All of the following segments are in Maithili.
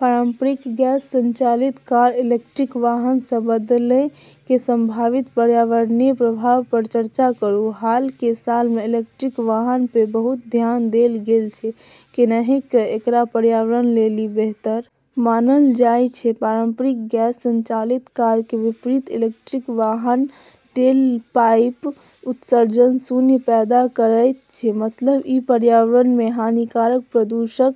पारंपरिक गैस संचालित कार कें इलेक्ट्रिक वाहन सं बदलय कें संभावित पर्यावरणीय प्रभाव पर चर्चा करूं, हाल के सालऽ मे इलेक्ट्रिक वाहन पे बहुत ध्यान देलऽ गेलऽ छै, कैन्हेंकि एकरा पर्यावरण लेली बेहतर मानलऽ जाय छै, पारंपरिक गैस संचालित कार कें विपरीत इलेक्ट्रिक वाहन टेलपाइप उत्सर्जन शून्य पैदा करएयत छै मतलब इ पर्यावरण मे हानिकारक प्रदूषक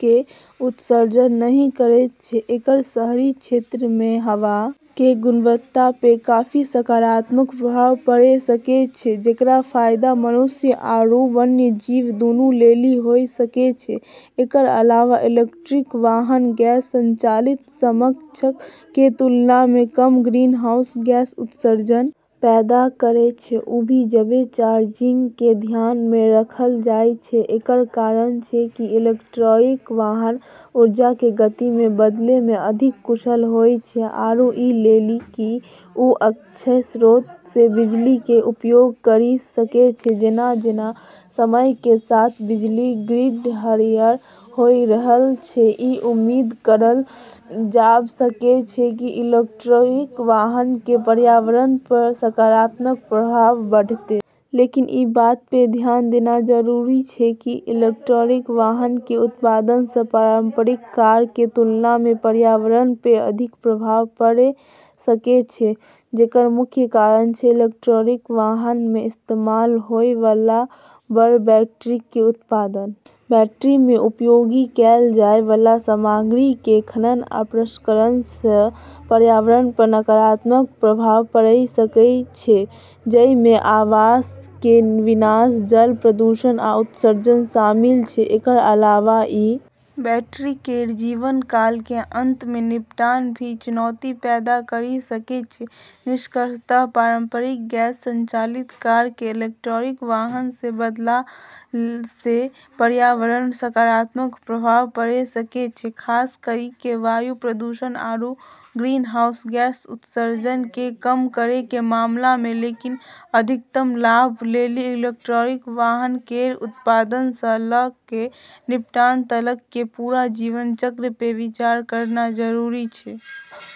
कें उत्सर्जन नहि करएयत छै, एकरऽ शहरी क्षेत्रऽ मे हवा के गुणवत्ता पे काफी सकारात्मक प्रभाव पड़े सकै छै जेकरऽ फायदा मनुष्य आरू वन्यजीव दूनू लेली होय सकै छै, एकरऽ अलावा इलेक्ट्रिक वाहन गैस संचालित समकक्षऽ के तुलना मे कम ग्रीनहाउस गैस उत्सर्जन पैदा करै छै, उ भी जबे चार्जिंग के ध्यान मे रखलऽ जाय छै, एकरऽ कारण छै कि इलेक्ट्रिक वाहन ऊर्जा के गति मे बदलै मे अधिक कुशल होय छै आरू ई लेली कि उ अक्षय स्रोतऽ से बिजली के उपयोग करी सकै छै, जेना-जेना समय के साथ बिजली ग्रिड हरियर होय रहलऽ छै, ई उम्मीद करलऽ जाब॑ सकै छै कि इलेक्ट्रिक वाहनऽ के पर्यावरण प॑ सकारात्मक प्रभाव बढ़तै। लेकिन ई बात पे ध्यान देना जरूरी छै कि इलेक्ट्रिक वाहन के उत्पादन स॑ पारंपरिक कारऽ के तुलना मे पर्यावरण पे अधिक प्रभाव पड़े सकै छै जेकरऽ मुख्य कारण छै इलेक्ट्रिक वाहनऽ मे इस्तेमाल होय वाला बड़ऽ बैटरी के उत्पादन। बैटरी मे उपयोग कैल जाय वाला सामग्री कें खनन आ प्रसंस्करण सं पर्यावरण पर नकारात्मक प्रभाव पड़य सकय छै, जइ मे आवास कें विनाश, जल प्रदूषण आ उत्सर्जन शामिल छै, एकरऽ अलावा ई बैटरी केरऽ जीवन काल के अंत मे निपटान भी चुनौती पैदा करी सकै छै, निष्कर्षतः पारंपरिक गैस संचालित कार के इलेक्ट्रिक वाहन से बदलला से पर्यावरण पे सकारात्मक प्रभाव पड़े सकै छै, खास करी के वायु प्रदूषण आरू ग्रीनहाउस गैस उत्सर्जन के कम करै के मामला मे लेकिन अधिकतम लाभ लेली इलेक्ट्रिक वाहन केरऽ उत्पादन स ल के निपटान तलक के पूरा जीवन चक्र पे विचार करना जरूरी छै।